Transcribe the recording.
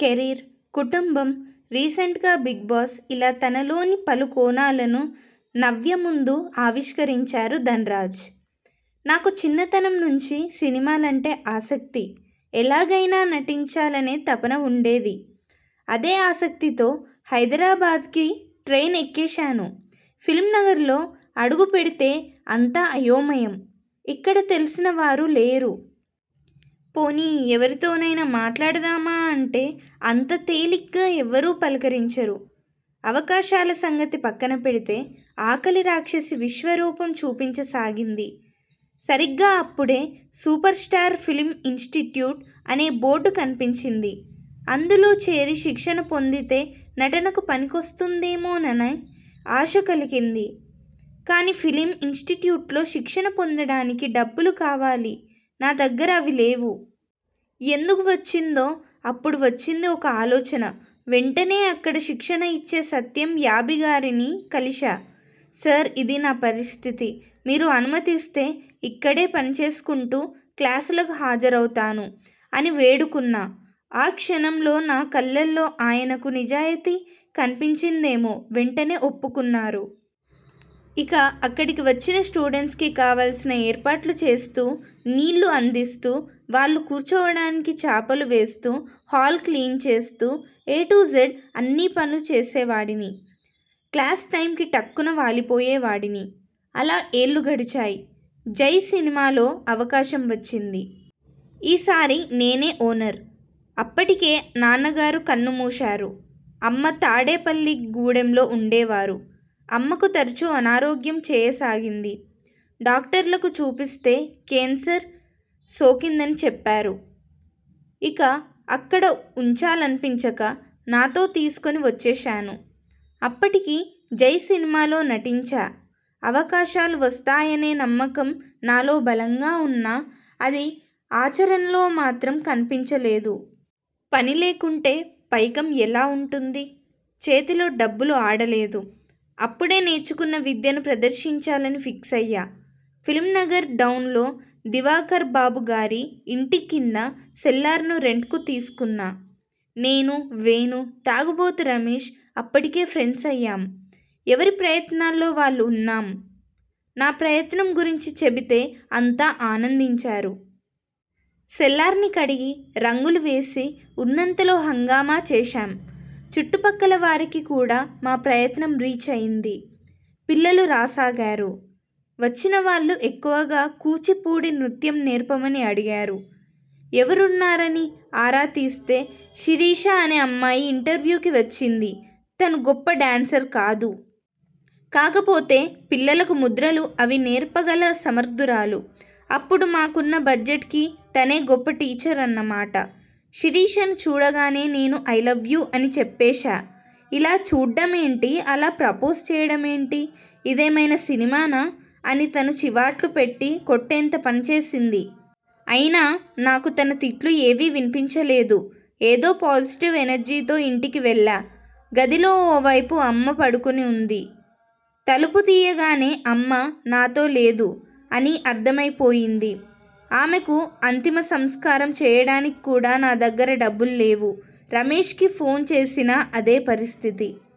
Career, కుటుంబం, రీసెంట్గా Bigg Boss ఇలా తనలోని పలు కోణాలను 'నవ్య' ముందు ఆవిష్కరించారు ధన్రాజ్. ''నాకు చిన్నతనం నుంచి సినిమాలంటే ఆసక్తి. ఎలాగైనా నటించాలనే తపన ఉండేది. అదే ఆసక్తితో హైదరాబాద్కి ట్రైన్ ఎక్కేశాను. ఫిల్మ్నగర్లో అడుగుపెడితే అంతా అయోమయం. ఇక్కడ తెలిసిన వారు లేరు. పోనీ ఎవరితోనైనా మాట్లాడదామా అంటే అంత తేలిగ్గా ఎవరూ పలకరించరు. అవకాశాల సంగతి పక్కనపెడితే, ఆకలిరాక్షసి విశ్వరూపం చూపించసాగింది. సరిగ్గా అప్పుడే 'సూపర్స్టార్ ఫిల్మ్ ఇన్స్టిట్యూట్' అనే బోర్డు కనిపించింది. అందులో చేరి శిక్షణ పొందితే నటనకు పనికొస్తుందేమోననే ఆశ కలిగింది. కానీ ఫిల్మ్ ఇన్స్టిట్యూట్లో శిక్షణ పొందడానికి డబ్బులు కావాలి నా దగ్గర అవి లేవు. ఎందుకు వచ్చిందో అప్పుడు వచ్చింది ఒక ఆలోచన వెంటనే అక్కడ శిక్షణ ఇచ్చే సత్యం యాబి గారిని కలిశా. 'సార్ ఇదీ నా పరిస్థితి. మీరు అనుమతిస్తే ఇక్కడే పనిచేసుకుంటూ, క్లాసులకు హాజరవుతాను' అని వేడుకున్నా. ఆ క్షణంలో నా కళ్లల్లో ఆయనకు నిజాయతీ కనిపించిందేమో, వెంటనే ఒప్పుకున్నారు. ఇక అక్కడికి వచ్చిన స్టూడెంట్స్కి కావాల్సిన ఏర్పాట్లు చేస్తూ, నీళ్లు అందిస్తూ, వాళ్లు కూర్చోవడానికి చాపలు వేస్తూ హాల్ క్లీన్ చేస్తూ ఎ టు జెడ్ అన్నీ పనులు చేసేవాడిని. క్లాస్ టైమ్కి టక్కున వాలిపోయేవాడిని. అలా ఏళ్లు గడిచాయి. 'జై' సినిమాలో అవకాశం వచ్చింది. ఈ సారి నేనే ఓనర్! అప్పటికే నాన్నగారు కన్నుమూశారు. అమ్మ తాడేపల్లిగూడెంలో ఉండేవారు. అమ్మకు తరచూ అనారోగ్యం చేయసాగింది. డాక్టర్లకు చూపిస్తే కేన్సర్ సోకిందని చెప్పారు. ఇక అక్కడ ఉంచాలనిపించక, నాతో తీసుకుని వచ్చేశాను. అప్పటికి 'జై' సినిమాలో నటించా. అవకాశాలు వస్తాయనే నమ్మకం నాలో బలంగా ఉన్నా, అది ఆచరణలో మాత్రం కనిపించలేదు. పనిలేకుంటే పైకం ఎలా ఉంటుంది? చేతిలో డబ్బులు ఆడలేదు. అప్పుడే నేర్చుకున్న విద్యను ప్రదర్శించాలని ఫిక్స్ అయ్యా. ఫిల్మ్నగర్ డౌన్లో దివాకర్బాబుగారి ఇంటి కింద సెల్లార్ను రెంట్కు తీసుకున్నా. నేను, వేణు, 'తాగుబోతు' రమేశ్ అప్పటికే ఫ్రెండ్స్ అయ్యాం. ఎవరి ప్రయత్నాల్లో వాళ్లు ఉన్నాం. నా ప్రయత్నం గురించి చెబితే అంతా ఆనందించారు. సెల్లార్ని కడిగి, రంగులు వేసి ఉన్నంతలో హంగామా చేశాం. చుట్టుపక్కలవారికి కూడా మా ప్రయత్నం రీచ్ అయింది. పిల్లలు రాసాగారు. వచ్చిన వాళ్లు ఎక్కువగా కూచిపూడి నృత్యం నేర్పమని అడిగారు. ఎవరున్నారని ఆరా తీస్తే శిరీష అనే అమ్మాయి ఇంటర్వ్యూకి వచ్చింది. తను గొప్ప డ్యాన్సర్ కాదు. కాకపోతే పిల్లలకు ముద్రలు అవీ నేర్పగల సమర్థురాలు. అప్పుడు మాకున్న బడ్జెట్కి తనే గొప్ప టీచర్ అన్నమాట. శిరీషను చూడగానే నేను 'ఐలవ్యూ' అని చెప్పేశా. 'ఇలా చూడ్డమేంటి? అలా ప్రపోజ్ చేయడమేంటి? ఇదేమైనా సినిమానా? ' అని తను చీవాట్లు పెట్టి కొట్టేంత పనిచేసింది. అయినా నాకు తన తిట్లు ఏవీ వినిపించలేదు. ఏదో పాజిటివ్ ఎనర్జీతో ఇంటికి వెళ్లా. గదిలో ఓ వైపు అమ్మ పడుకుని ఉంది. తలుపు తీయగానే 'అమ్మ నాతో లేదు' అని అర్థమైపోయింది. ఆమెకు అంతిమసంస్కారం చేయడానికి కూడా నా దగ్గర డబ్బులు లేవు. రమేశ్కి ఫోన్ చేసినా అదే పరిస్థితి.